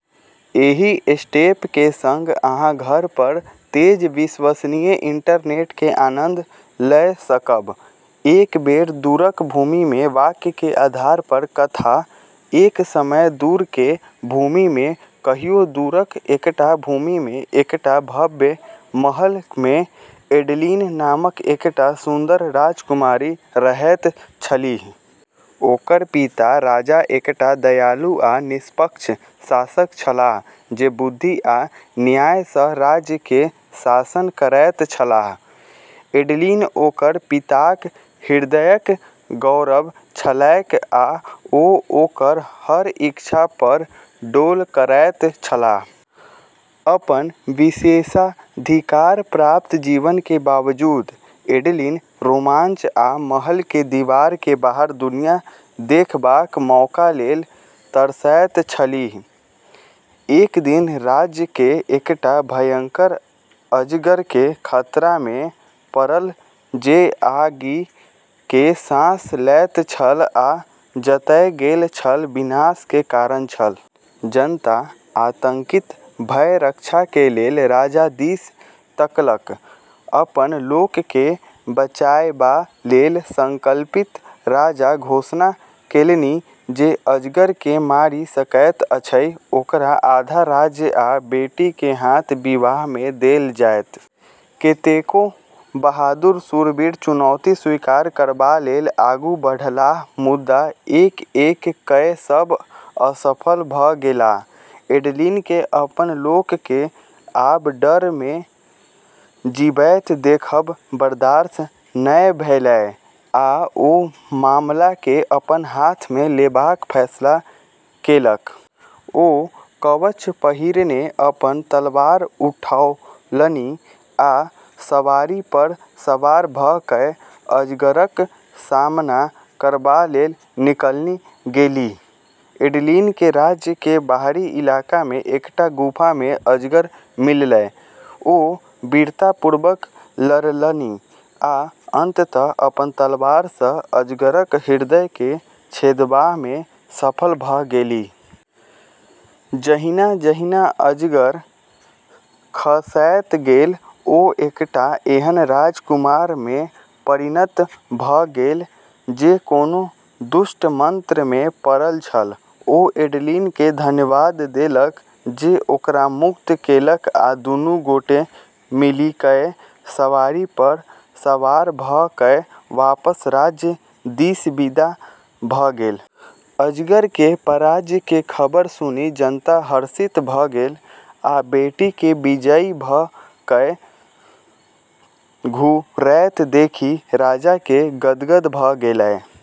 एहि स्टेप के संग अहाँ घर पर तेज, विश्वसनीय इंटरनेट के आनंद लए सकब। "एक बेर दूरक भूमि मे" वाक्य के आधार पर कथा: एक समय दूर के भूमि मे कहियो दूरक एकटा भूमि मे एकटा भव्य महल मे एडलिन नामक एकटा सुन्दर राजकुमारी रहैत छलीह। ओकर पिता राजा एकटा दयालु आ निष्पक्ष शासक छलाह जे बुद्धि आ न्याय सँ राज्य के शासन करैत छलाह। एडलिन ओकर पिताक हृदयक गौरव छलैक आ ओ ओकर हर इच्छा पर डोल करैत छलाह। अपन विशेषाधिकार प्राप्त जीवन के बावजूद एडलिन रोमांच आ महल के दीवार के बाहर दुनिया देखबाक मौका लेल तरसैत छलीह। एक दिन राज्य के एकटा भयंकर अजगर के खतरा मे पड़ल जे आगि के साँस लैत छल आ जतय गेल छल विनाश के कारण छल। जनता आतंकित भय रक्षा के लेल राजा दिस तकलक। अपन लोक के बचाएबा लेल संकल्पित राजा घोषणा केलनि जे अजगर के मारि सकैत अछि ओकरा आधा राज्य आ बेटी के हाथ विवाह मे देल जायत। कतेको बहादुर शूरवीर चुनौती स्वीकार करबा लेल आगू बढ़लाह मुदा एक-एक कए सब असफल भ' गेलाह। एडलिन के अपन लोक के आब डर मे जीबैत देखब बर्दाश्त नै भेलै आ ओ मामला के अपन हाथ मे लेबाक फैसला केलक। ओ कवच पहिरने अपन तलवार उठौलनि आ सवारी पर सवार भ' कए अजगरक सामना करबा लेल निकलि गेलीह। एडलिन के राज्य के बाहरी इलाका मे एकटा गुफा मे अजगर मिललै। ओ वीरतापूर्वक लड़लनि आ अंततः अपन तलवार सँ अजगरक हृदय के छेदबा मे सफल भ' गेलीह। जहिना-जहिना अजगर खसैत गेल, ओ एकटा एहन राजकुमार मे परिणत भ' गेल जे कोनो दुष्ट मंत्र मे पड़ल छल। ओ एडलिन के धन्यवाद देलक जे ओकरा मुक्त केलक आ दुनू गोटे मिलिकय, सवारी पर सवार भ' कए वापस राज्य दिस विदा भ' गेल। अजगर के पराजय के खबर सुनि जनता हर्षित भ गेल आ बेटी के विजयी भ' कए घुरैत देखि राजा के गदगद भ' गेलै।